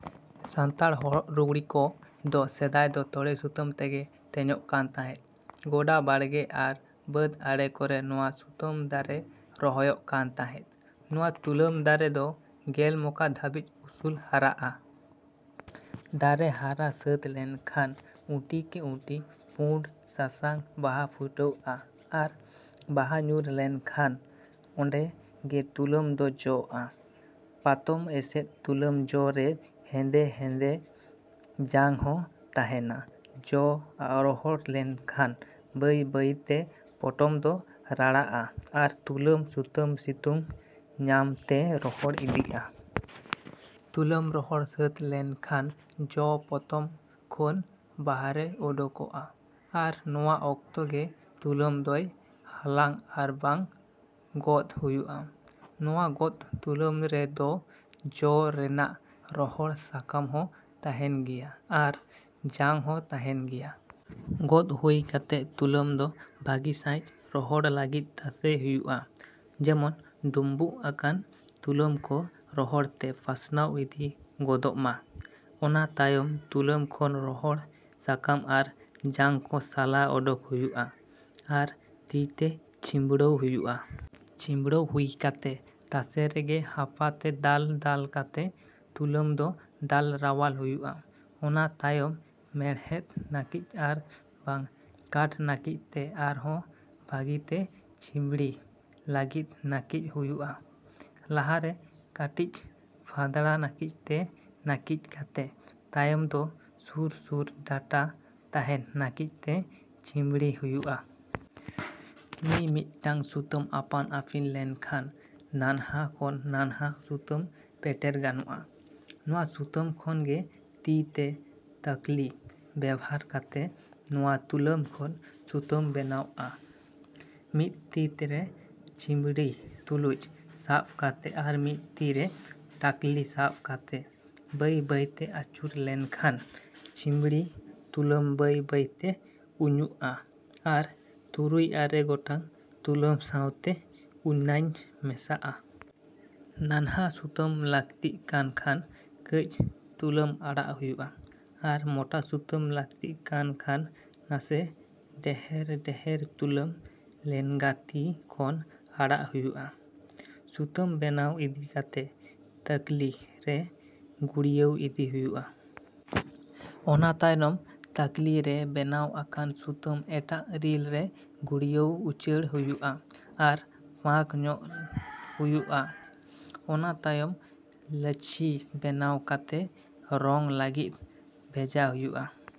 ᱥᱟᱱᱛᱟᱲ ᱦᱚᱨᱚᱜ ᱞᱩᱜᱽᱲᱤ ᱠᱚ ᱫᱚ ᱥᱮᱫᱟᱭ ᱫᱚ ᱛᱚᱲᱮ ᱥᱩᱛᱟᱹᱢ ᱛᱮᱜᱮ ᱛᱮᱧᱚᱜ ᱠᱟᱱ ᱛᱟᱦᱮᱸᱫ᱾ ᱜᱳᱰᱟ ᱵᱟᱲᱜᱮ ᱟᱨ ᱵᱟᱹᱫᱽ ᱟᱲᱮ ᱠᱚᱨᱮ ᱱᱚᱣᱟ ᱥᱩᱛᱟᱹᱢ ᱫᱟᱨᱮ ᱨᱚᱦᱚᱭᱚᱜ ᱠᱟᱱ ᱛᱟᱦᱮᱸᱫ᱾ ᱱᱚᱣᱟ ᱛᱩᱞᱟᱹᱢ ᱫᱟᱨᱮ ᱫᱚ ᱜᱮᱞ ᱢᱚᱠᱟ ᱫᱷᱟᱹᱵᱤᱡ ᱩᱥᱩᱞ ᱦᱟᱨᱟᱜᱼᱟ᱾ ᱫᱟᱨᱮ ᱦᱟᱨᱟ ᱥᱟᱹᱛ ᱞᱮᱱ ᱠᱷᱟᱱ ᱩᱴᱤ ᱠᱮ ᱩᱴᱤ ᱯᱩᱸᱰ ᱥᱟᱥᱟᱝ ᱵᱟᱦᱟ ᱯᱷᱩᱴᱟᱹᱣᱜᱼᱟ ᱟᱨ ᱵᱟᱦᱟ ᱧᱩᱨ ᱞᱮᱱ ᱠᱷᱟᱱ ᱚᱱᱰᱮ ᱜᱮ ᱛᱩᱞᱟᱹᱢ ᱫᱚ ᱡᱚᱜᱼᱟ᱾ ᱯᱟᱛᱚᱢ ᱮᱥᱮᱫ ᱛᱩᱞᱟᱹᱢ ᱡᱚ ᱨᱮ ᱦᱮᱱᱫᱮ ᱦᱮᱱᱫᱮ ᱡᱟᱝ ᱦᱚ ᱛᱟᱦᱮᱱᱟ᱾ ᱡᱚ ᱨᱚᱦᱚᱲ ᱞᱮᱱ ᱠᱷᱟᱱ ᱵᱟᱹᱭ ᱵᱟᱹᱭ ᱛᱮ ᱯᱚᱴᱚᱢ ᱫᱚ ᱨᱟᱲᱟᱜ ᱼᱟ ᱟᱨ ᱛᱩᱞᱟᱹᱢ ᱥᱩᱛᱟᱹᱢ ᱥᱤᱛᱩᱝ ᱧᱟᱢ ᱛᱮ ᱨᱚᱦᱚᱲ ᱤᱫᱤᱜᱼᱟ᱾ ᱛᱩᱞᱟᱹᱢ ᱨᱚᱦᱚᱲ ᱥᱟᱹᱛ ᱞᱮᱱ ᱠᱷᱟᱱ ᱡᱚ ᱯᱚᱛᱚᱢ ᱜᱷᱳᱱ ᱵᱟᱦᱨᱮ ᱚᱰᱚᱠᱚᱜᱼᱟ ᱟᱨ ᱱᱚᱣᱟ ᱚᱠᱛᱚ ᱜᱮ ᱛᱩᱞᱟᱹᱢ ᱫᱚᱭ ᱦᱟᱞᱟᱝ ᱟᱨ ᱵᱟᱝ ᱜᱚᱫ ᱦᱩᱭᱩᱜᱼᱟ᱾ ᱱᱚᱣᱟ ᱜᱚᱫ ᱛᱩᱞᱟᱹᱢ ᱨᱮ ᱫᱚ ᱡᱚ ᱨᱮᱱᱟᱜ ᱨᱚᱦᱚᱲ ᱥᱟᱠᱟᱢ ᱦᱚᱸ ᱛᱟᱦᱮᱱ ᱜᱮᱭᱟ ᱟᱨ ᱡᱟᱝ ᱦᱚᱸ ᱛᱟᱦᱮᱱ ᱜᱮᱭᱟ᱾ ᱜᱚᱫ ᱦᱩᱭ ᱠᱟᱛᱮ ᱛᱩᱞᱟᱹᱢ ᱫᱚ ᱵᱷᱟᱹᱜᱤ ᱥᱟᱦᱤᱸᱡ ᱨᱚᱦᱚᱲᱚᱜ ᱞᱟᱹᱜᱤᱫ ᱛᱟᱥᱮ ᱦᱩᱭᱩᱜᱼᱟ᱾ ᱡᱮᱢᱚᱱ ᱰᱩᱢᱵᱩᱜ ᱟᱠᱟᱱ ᱛᱩᱞᱟᱹᱢ ᱠᱚ ᱨᱚᱦᱚᱲ ᱛᱮ ᱯᱟᱥᱱᱟᱣ ᱤᱫᱤ ᱜᱚᱫᱚᱜ ᱢᱟ᱾ ᱚᱱᱟ ᱛᱟᱭᱟᱢ ᱛᱩᱞᱟᱹᱢ ᱠᱷᱚᱱ ᱨᱚᱦᱚᱲ ᱥᱟᱠᱟᱢ ᱟᱨ ᱡᱟᱝ ᱠᱚ ᱥᱟᱞᱟ ᱚᱰᱚᱠ ᱦᱩᱭᱩᱜᱼᱟ ᱟᱨ ᱛᱤ ᱛᱮ ᱪᱷᱤᱸᱵᱲᱟᱹᱣ ᱦᱩᱭᱩᱜᱼᱟ᱾ ᱪᱷᱤᱸᱵᱽᱲᱟᱹᱣ ᱦᱩᱭ ᱠᱟᱛᱮ ᱛᱟᱥᱮ ᱨᱮᱜᱮ ᱦᱟᱯᱟ ᱛᱮ ᱫᱟᱞ ᱫᱟᱞ ᱠᱟᱛᱮ ᱛᱩᱞᱟᱹᱢ ᱫᱚ ᱫᱟᱞ ᱨᱟᱣᱟᱞ ᱦᱩᱭᱩᱜᱼᱟ᱾ ᱚᱱᱟ ᱛᱟᱭᱟᱢ ᱢᱮᱬᱦᱮᱫ ᱱᱟᱹᱠᱤᱡ ᱟᱨ ᱵᱟᱝ ᱠᱟᱴᱷ ᱱᱟᱹᱠᱤᱡ ᱛᱮ ᱟᱨ ᱦᱚᱸ ᱵᱷᱟᱹᱜᱤ ᱛᱮ ᱪᱷᱤᱢᱵᱲᱤ ᱞᱟᱹᱜᱤᱫ ᱱᱟᱹᱠᱤᱡ ᱦᱩᱭᱩᱜᱼᱟ᱾ ᱞᱟᱦᱟ ᱨᱮ ᱠᱟᱹᱴᱤᱡ ᱯᱷᱟᱸᱫᱽᱲᱟ ᱱᱟᱹᱠᱤᱡ ᱛᱮ ᱱᱟᱹᱠᱤᱡ ᱠᱟᱛᱮ ᱛᱟᱭᱟᱢ ᱫᱚ ᱥᱩᱨ ᱥᱩᱨ ᱰᱟᱴᱟ ᱛᱟᱦᱮᱱ ᱱᱟᱹᱠᱤᱡ ᱛᱮ ᱪᱷᱤᱸᱵᱽᱲᱤ ᱦᱩᱭᱩᱜᱼᱟ᱾ ᱢᱤᱢᱤᱫ ᱴᱟᱝ ᱥᱩᱛᱟᱹᱢ ᱟᱯᱟᱱ ᱟᱹᱯᱤᱱ ᱞᱮᱱ ᱠᱷᱟᱱ ᱱᱟᱱᱦᱟ ᱠᱷᱚᱱ ᱱᱟᱱᱦᱟ ᱥᱩᱛᱟᱹᱢ ᱯᱮᱴᱮᱨ ᱜᱟᱱᱚᱜᱼᱟ᱾ ᱱᱚᱣᱟ ᱥᱩᱛᱟᱹᱢ ᱠᱷᱚᱱ ᱜᱮ ᱛᱤ ᱛᱮ ᱛᱟᱹᱠᱞᱤ ᱵᱮᱵᱷᱟᱨ ᱠᱟᱛᱮ ᱱᱚᱣᱟ ᱛᱩᱞᱟᱹᱢ ᱠᱷᱚᱱ ᱥᱩᱛᱟᱹᱢ ᱵᱮᱱᱟᱣᱚᱜᱼᱟ᱾ ᱢᱤᱫ ᱛᱤ ᱨᱮ ᱪᱷᱤᱸᱢᱵᱲᱤ ᱛᱩᱞᱟᱹᱢ ᱥᱟᱵ ᱠᱟᱛᱮ ᱟᱨ ᱢᱤᱫ ᱛᱤ ᱨᱮ ᱴᱟᱠᱞᱤ ᱥᱟᱵ ᱠᱟᱛᱮ ᱵᱟᱹᱭ ᱵᱟᱹᱭ ᱛᱮ ᱟᱹᱪᱩᱨ ᱞᱮᱠᱷᱟᱱ ᱪᱷᱤᱸᱢᱵᱲᱤ ᱛᱩᱞᱟᱹᱢ ᱵᱟᱹᱭ ᱵᱟᱹᱭ ᱛᱮ ᱩᱧᱩᱜᱼᱟ ᱟᱨ ᱛᱩᱨᱩᱭ ᱟᱨᱮ ᱜᱚᱴᱟᱝ ᱛᱩᱞᱟᱢ ᱥᱟᱶᱛᱮ ᱩᱱᱟᱧ ᱢᱮᱥᱟᱜᱼᱟ᱾ ᱱᱟᱱᱦᱟ ᱥᱩᱛᱟᱢ ᱞᱟᱹᱠᱛᱤᱜ ᱠᱟᱱ ᱠᱷᱟᱱ ᱠᱟᱹᱡ ᱛᱩᱞᱟᱹᱢ ᱟᱲᱟᱜ ᱦᱩᱭᱩᱜᱼᱟ ᱟᱨ ᱢᱚᱴᱟ ᱥᱩᱛᱟᱹᱢ ᱞᱟᱹᱠᱛᱤᱜ ᱠᱟᱱ ᱠᱷᱟᱱ ᱱᱟᱥᱮ ᱰᱮᱦᱮᱨ ᱰᱮᱦᱮᱨ ᱛᱩᱞᱟᱹᱢ ᱞᱮᱱᱜᱟ ᱛᱤ ᱠᱷᱚᱱ ᱟᱲᱟᱜ ᱦᱩᱭᱩᱜᱼᱟ᱾ ᱥᱩᱛᱟᱹᱢ ᱵᱮᱱᱟᱣ ᱤᱫᱤ ᱠᱟᱛᱮ ᱛᱟᱹᱠᱞᱤ ᱨᱮ ᱜᱩᱲᱤᱭᱟᱹᱣ ᱤᱫᱤ ᱦᱩᱭᱩᱜᱼᱟ᱾ ᱚᱱᱟ ᱛᱟᱭᱚᱢ ᱛᱟᱠᱞᱤ ᱨᱮ ᱵᱮᱱᱟᱣ ᱟᱠᱟᱱ ᱥᱩᱛᱟᱹᱢ ᱮᱴᱟᱜ ᱨᱤᱞ ᱨᱮ ᱜᱩᱲᱤᱭᱟᱹᱣ ᱩᱪᱟᱹᱲ ᱦᱩᱭᱩᱜᱼᱟ ᱟᱨ ᱯᱟᱸᱠ ᱧᱚᱜ ᱦᱩᱭᱩᱜᱼᱟ᱾ ᱚᱱᱟ ᱛᱟᱭᱟᱢ ᱞᱟᱹᱪᱷᱤ ᱵᱮᱱᱟᱣ ᱠᱟᱛᱮ ᱨᱚᱝ ᱞᱟᱹᱜᱤᱫ ᱵᱷᱮᱡᱟ ᱦᱩᱭᱩᱜᱼᱟ᱾।